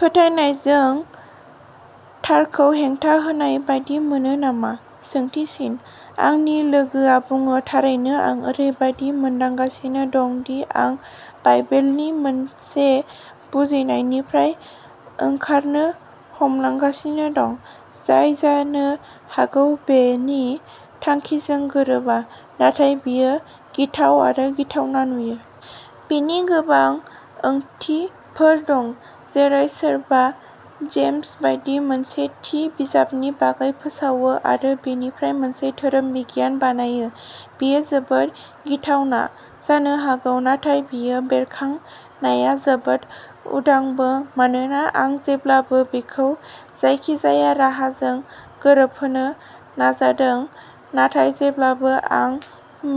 फोथायनायजों थारखौ हेंथा होनाय बायदि मोनो नामा सोंथि सिन? सोंथि सिन आंनि लोगोआ बुङो थारैनो आं ओरैबायदि मोनदांगासिनो दं दि आं बाइबेलनि मोनसे बुजिनायनिफ्राय ओंखारनो हमगासिनो दं, जाय जानो हागौ बेनि थांखिजों गोरोबा। नाथाय बेयो गिथाव आरो गिथावना नुयो। बेनि गोबां ओंथिफोर दं जेरै, सोरबा जेम्स बायदि मोनसे थि बिजाबनि बागै फोसावो आरो बेनिफ्राय मोनसे धोरोम बिगियान बानायो, बेयो जोबोद गिथावना जानो हागौ। नाथाय बे बेरखांनाया जोबोद उदांबो मानोना आं जेब्लाबो बेखौ जायखिजाया राहाजों गोरोबहोनो नाजादों, नाथाय जेब्लानो आं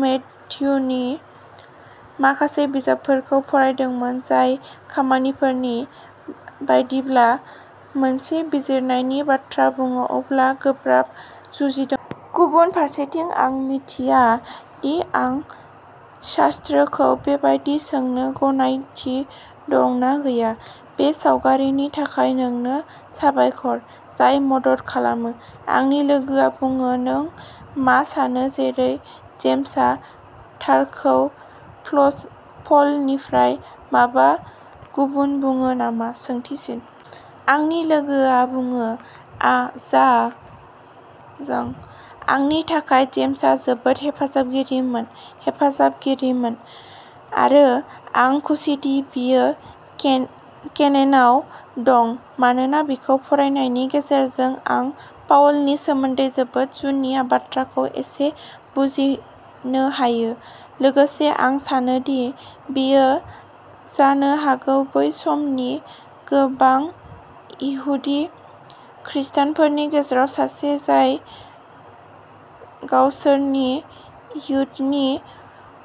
मैथ्यूनि माखासे बिजाबफोरखौ फरायदोंमोन, जाय खामानिफोरनि बायदिब्ला मोनसे बिजिरनायनि बाथ्रा बुङो, अब्ला गोब्राब जुजिदों। गुबुन फारसेथिं आं मिथिया दि आं शास्त्रखौ बेबादि सोंनो गनायथि दं ना गैया। बे सावगारिनि थाखाय नोंनो साबायखर जाय मदद खालामो। आंनि लोगोआ बुङो "नों मा सानो जेरै जेम्सआ थारखौ प्ल प'लनिफ्राय माबा गुबुन बुङो नामा?" आंनि लोगोआ बुङो आ जा जां, आंनि थाखाय जेम्सआ जोबोद हेफाजाबगिरिमोन आरो आं खुसिदि बियो केननआव दं, मानोना बिखौ फरायनायनि गेजेरजोंल'आं पाउलनि सोमोन्दै जोबोद जुनिया बाथ्राखौ एसे बुजिनो हायो। लोगोसे आं सानोदि बियो जानो हागौ बै समनि गोबां इहुदि खृस्टानफोरनि गेजेराव सासे जाय गावसोरनि इहुदि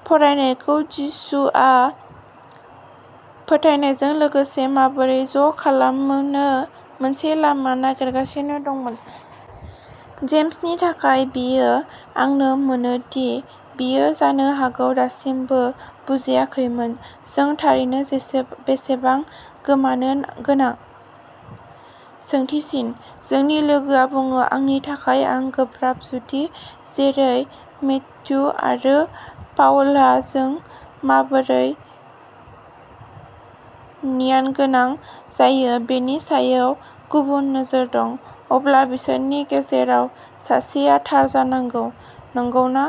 फरायनायखौ जिसुआव फोथायनायजों लोगोसे माबोरै ज' खालामनो मोनसे लामा नागिरगासिनो दंमोन। जेम्सनि थाखाय बेयो आंनो मोनो दि बियो जानो हागौ दासिमबो बुजियाखैमोनदि जों थारैनो बेसेबां गोमानो गोनां सोंथि सिन? जोंनि लोगोआ बुङो "आंनि थाखाय मा गोब्राब" जुदि जेरै मैथ्यु आरो पाउलहा जों माबोरै न्यानगोनां जायो बेनि सायाव गुबुन नोजोर दं, अब्ला बिसोरनि गेजेराव सासेआ थार जानांगौ, नंगौना?